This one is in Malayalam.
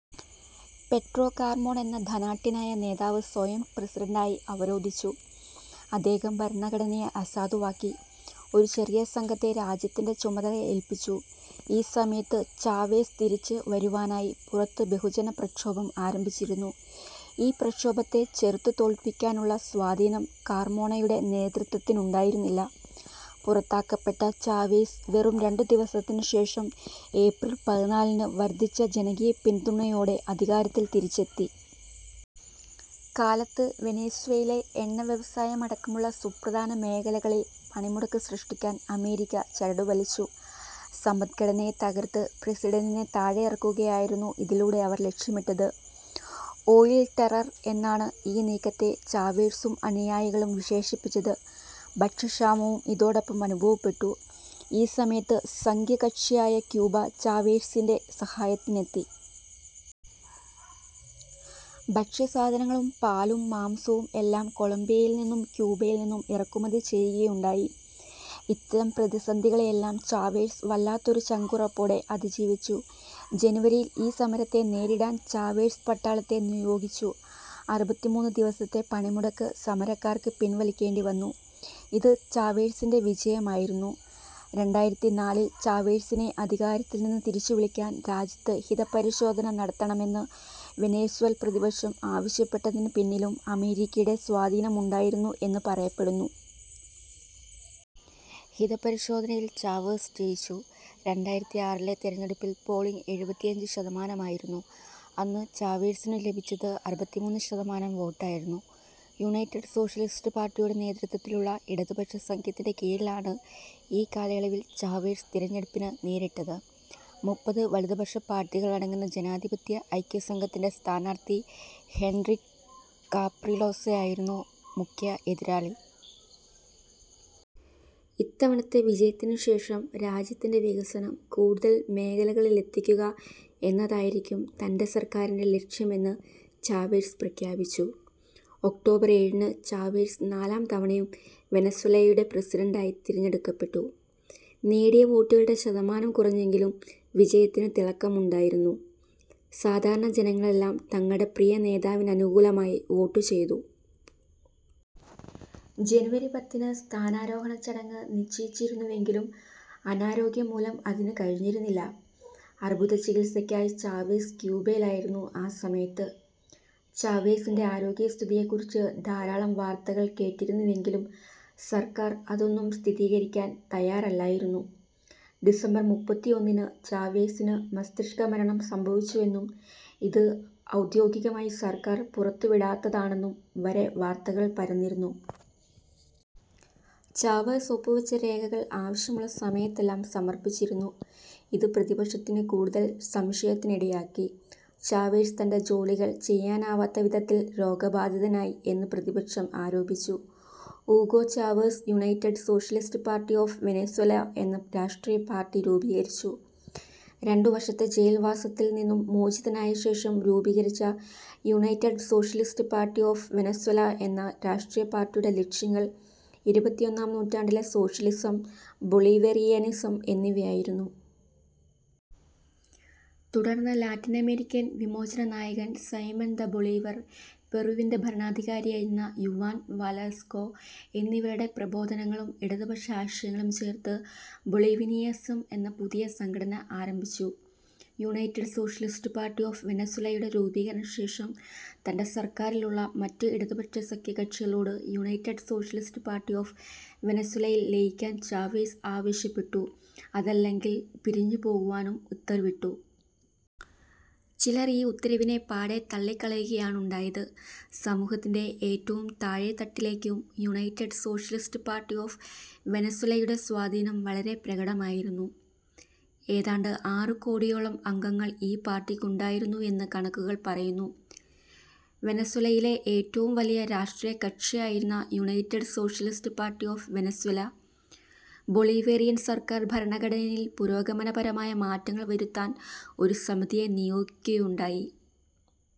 പെഡ്രോ കാർമോൺ എന്ന ധനാഢ്യനായ നേതാവ് സ്വയം പ്രസിഡന്റായി അവരോധിച്ചു. അദ്ദേഹം ഭരണഘടനയെ അസാധുവാക്കി. ഒരു ചെറിയ സംഘത്തെ രാജ്യത്തിൻ്റെ ചുമതല ഏൽപ്പിച്ചു. ഈ സമയത്ത് ചാവേസ് തിരിച്ചു വരുവാനായി പുറത്ത് ബഹുജന പ്രക്ഷോഭം ആരംഭിച്ചിരുന്നു. ഈ പ്രക്ഷോഭത്തെ ചെറുത്തുതോൽപ്പിക്കാനുള്ള സ്വാധീനം കാർമോണയുടെ നേതൃത്വത്തിനുണ്ടായിരുന്നില്ല. പുറത്താക്കപ്പെട്ട ചാവെസ് വെറും രണ്ടു ദിവസത്തിനുശേഷം, ഏപ്രിൽ പതിനാലിന് വർദ്ധിച്ച ജനകീയപിന്തുണയോടെ അധികാരത്തിൽ തിരിച്ചെത്തി. കാലത്ത് വെനസ്വേലയിലെ എണ്ണവ്യവസായമടക്കമുള്ള സുപ്രധാന മേഖലകളിൽ പണിമുടക്ക് സൃഷ്ടിക്കാൻ അമേരിക്ക ചരടുവലിച്ചു. സമ്പദ്ഘടനയെ തകർത്ത് പ്രസിഡന്റിനെ താഴെയിറക്കുകയായിരുന്നു ഇതിലൂടെ അവർ ലക്ഷ്യമിട്ടത്. ഓയിൽ ടെറർ എന്നാണ് ഈ നീക്കത്തെ ചാവേസും അനുയായികളും വിശേഷിപ്പിച്ചത്. ഭക്ഷ്യക്ഷാമവും ഇതോടൊപ്പം അനുഭവപ്പെട്ടു. ഈ സമയത്ത് സഖ്യകകഷിയായ ക്യൂബ ചാവേസിന്റെ സഹായത്തിനെത്തി. ഭക്ഷ്യസാധനങ്ങളും, പാലും മാംസവും എല്ലാം കൊളംബിയയിൽ നിന്നും ക്യൂബയിൽ നിന്നും ഇറക്കുമതി ചെയ്യുകയുണ്ടായി. ഇത്തരം പ്രതിസന്ധികളെയെല്ലാം ചാവേസ് വല്ലാത്തൊരു ചങ്കുറപ്പോടെ അതിജീവിച്ചു. ജനുവരിയിൽ ഈ സമരത്തെ നേരിടാൻ ചാവേസ് പട്ടാളത്തെ നിയോഗിച്ചു. അറുപത്തിമൂന്ന് ദിവസത്തെ പണിമുടക്ക് സമരക്കാർക്ക് പിൻവലിക്കേണ്ടിവന്നു. ഇത് ചാവേസിന്റെ വിജയമായിരുന്നു. രണ്ടായിരത്തി നാലിൽ ചാവേസിനെ അധികാരത്തിൽനിന്ന് തിരിച്ചുവിളിക്കാൻ രാജ്യത്ത് ഹിതപരിശോധന നടത്തണമെന്ന് വെനസ്വേലൻ പ്രതിപക്ഷം ആവശ്യപ്പെട്ടതിനുപിന്നിലും അമേരിക്കയുടെ സ്വാധീനമുണ്ടായിരുന്നു എന്നു പറയപ്പെടുന്നു. ഹിതപരിശോധനയിൽ ചാവെസ് ജയിച്ചു. രണ്ടായിരത്തി ആറിലെ തെരഞ്ഞെടുപ്പിൽ പോളിങ്ങ് എഴുപത്തിയഞ്ച് ശതമാനമായിരുന്നു. അന്ന് ചാവെസിനു ലഭിച്ചത് അറുപത്തിമൂന്ന് ശതമാനം വോട്ടായിരുന്നു. യുനൈറ്റഡ് സോഷ്യലിസ്റ്റ് പാർട്ടിയുടെ നേതൃത്വത്തിലുള്ള ഇടതുപക്ഷ സഖ്യത്തിന്റെ കീഴിലാണ് ഈ കാലയളവിൽ ചാവേസ് തിരഞ്ഞെടുപ്പിനെ നേരിട്ടത്. മുപ്പത് വലതുപക്ഷ പാർട്ടികളടങ്ങുന്ന ജനാധിപത്യ ഐക്യസഖ്യത്തിന്റെ സ്ഥാനാർത്ഥി ഹെൻറിക് കാപ്രിലെസായിരുന്നു മുഖ്യ എതിരാളി. ഇത്തവണത്തെ വിജയത്തിനുശേഷം, രാജ്യത്തിന്റെ വികസനം കൂടുതൽ മേഖലകളിലേക്കെത്തിക്കുക എന്നതായിരിക്കും തന്റെ സർക്കാരിന്റെ ലക്ഷ്യമെന്ന് ചാവേസ് പ്രഖ്യാപിച്ചു. ഒക്ടോബർ ഏഴിന് ചാവേസ് നാലാം തവണയും വെനസ്വേലയുടെ പ്രസിഡന്റായി തിരഞ്ഞെടുക്കപ്പെട്ടു. നേടിയ വോട്ടുകളുടെ ശതമാനം കുറഞ്ഞെങ്കിലും വിജയത്തിന് തിളക്കമുണ്ടായിരുന്നു. സാധാരണ ജനങ്ങളെല്ലാം തങ്ങളുടെ പ്രിയ നേതാവിനനുകൂലമായി വോട്ട് ചെയ്തു. ജനുവരി പത്തിന് സ്ഥാനാരോഹണ ചടങ്ങ് നിശ്ചയിച്ചിരുന്നുവെങ്കിലും അനാരോഗ്യം മൂലം അതിനു കഴിഞ്ഞിരുന്നില്ല. അർബുദചികിത്സക്കായി ചാവേസ് ക്യൂബയിലായിരുന്നു ആ സമയത്ത്. ചാവേസിന്റെ ആരോഗ്യസ്ഥിതിയെക്കുറിച്ച് ധാരാളം വാർത്തകൾ കേട്ടിരുന്നുവെങ്കിലും സർക്കാർ അതൊന്നും സ്ഥിരീകരിക്കാൻ തയ്യാറല്ലായിരുന്നു. ഡിസംബർ മുപ്പത്തിയൊന്നിന് ചാവേസിന് മസ്തിഷ്കമരണം സംഭവിച്ചുവെന്നും, ഇത് ഔദ്യോഗികമായി സർക്കാർ പുറത്തുവിടാത്തതാണെന്നും വരെ വാർത്തകൾ പരന്നിരുന്നു. ചാവേസ് ഒപ്പുവെച്ച രേഖകൾ ആവശ്യമുള്ള സമയത്തെല്ലാം സമർപ്പിച്ചിരുന്നു. ഇത് പ്രതിപക്ഷത്തിനു കൂടുതൽ സംശയത്തിനിടയാക്കി. ചാവേസ് തന്റെ ജോലികൾ ചെയ്യാനാവാത്ത വിധത്തിൽ രോഗബാധിതനായി എന്ന് പ്രതിപക്ഷം ആരോപിച്ചു. Hugo Chavez United Socialist Party of Venezuela എന്ന രാഷ്ട്രീയ പാർട്ടി രൂപീകരിച്ചു. രണ്ടു വർഷത്തെ ജയിൽ വാസത്തിൽ നിന്നും മോചിതനായ ശേഷം രൂപീകരിച്ച United Socialist Party of Venezuela എന്ന രാഷ്ട്രീയ പാർട്ടിയുടെ ലക്ഷ്യങ്ങൾ ഇരുപത്തിയൊന്നാം നൂറ്റാണ്ടിലെ സോഷ്യലിസം, ബൊളിവേറിയനിസം എന്നിവയായിരുന്നു. തുടർന്ന് ലാറ്റിനമേരിക്കൻ വിമോചന നായകൻ സൈമൻ ദ ബൊളീവർ, പെറുവിന്റെ ഭരണാധികാരിയായിരുന്ന യുവാൻ വലസ്കോ എന്നിവരുടെ പ്രബോധനങ്ങളും ഇടതുപക്ഷ ആശയങ്ങളും ചേർത്ത് ബൊളീവിയനിസം എന്ന പുതിയ സംഘടന ആരംഭിച്ചു. യുണൈറ്റഡ് സോഷ്യലിസ്റ്റ് പാർട്ടി ഓഫ് വെനസ്വേലയുടെ രൂപീകരണശേഷം തന്റെ സർക്കാരിലുള്ള മറ്റു ഇടതുപക്ഷ സഖ്യകകഷികളോട് യുണൈറ്റഡ് സോഷ്യലിസ്റ്റ് പാർട്ടി ഓഫ് വെനസ്വേലയിൽ ലയിക്കാൻ ചാവേസ് ആവശ്യപ്പെട്ടു അതല്ലെങ്കിൽ പിരിഞ്ഞുപോകുവാനും ഉത്തരവിട്ടു. ചിലർ ഈ ഉത്തരവിനെ പാടേ തള്ളിക്കളയുകയാണുണ്ടായത്. സമൂഹത്തിന്റെ ഏറ്റവും താഴേതട്ടിലേക്കും യുണൈറ്റഡ് സോഷ്യലിസ്റ്റ് പാർട്ടി ഓഫ് വെനസ്വേലയുടെ സ്വാധീനം വളരെ പ്രകടമായിരുന്നു. ഏതാണ്ട് ആറ് കോടിയോളം അംഗങ്ങൾ ഈ പാർട്ടിക്കുണ്ടായിരുന്നു എന്ന് കണക്കുകൾ പറയുന്നു. വെനസ്വേലയിലെ ഏറ്റവും വലിയ രാഷ്ട്രീയ കക്ഷിയായിരുന്നു United Socialist Party of Venezuela. Bolivarian സർക്കാർ ഭരണഘടനയിൽ പുരോഗമനപരമായ മാറ്റങ്ങൾ വരുത്താൻ ഒരു സമിതിയെ നിയോഗിക്കുകയുണ്ടായി.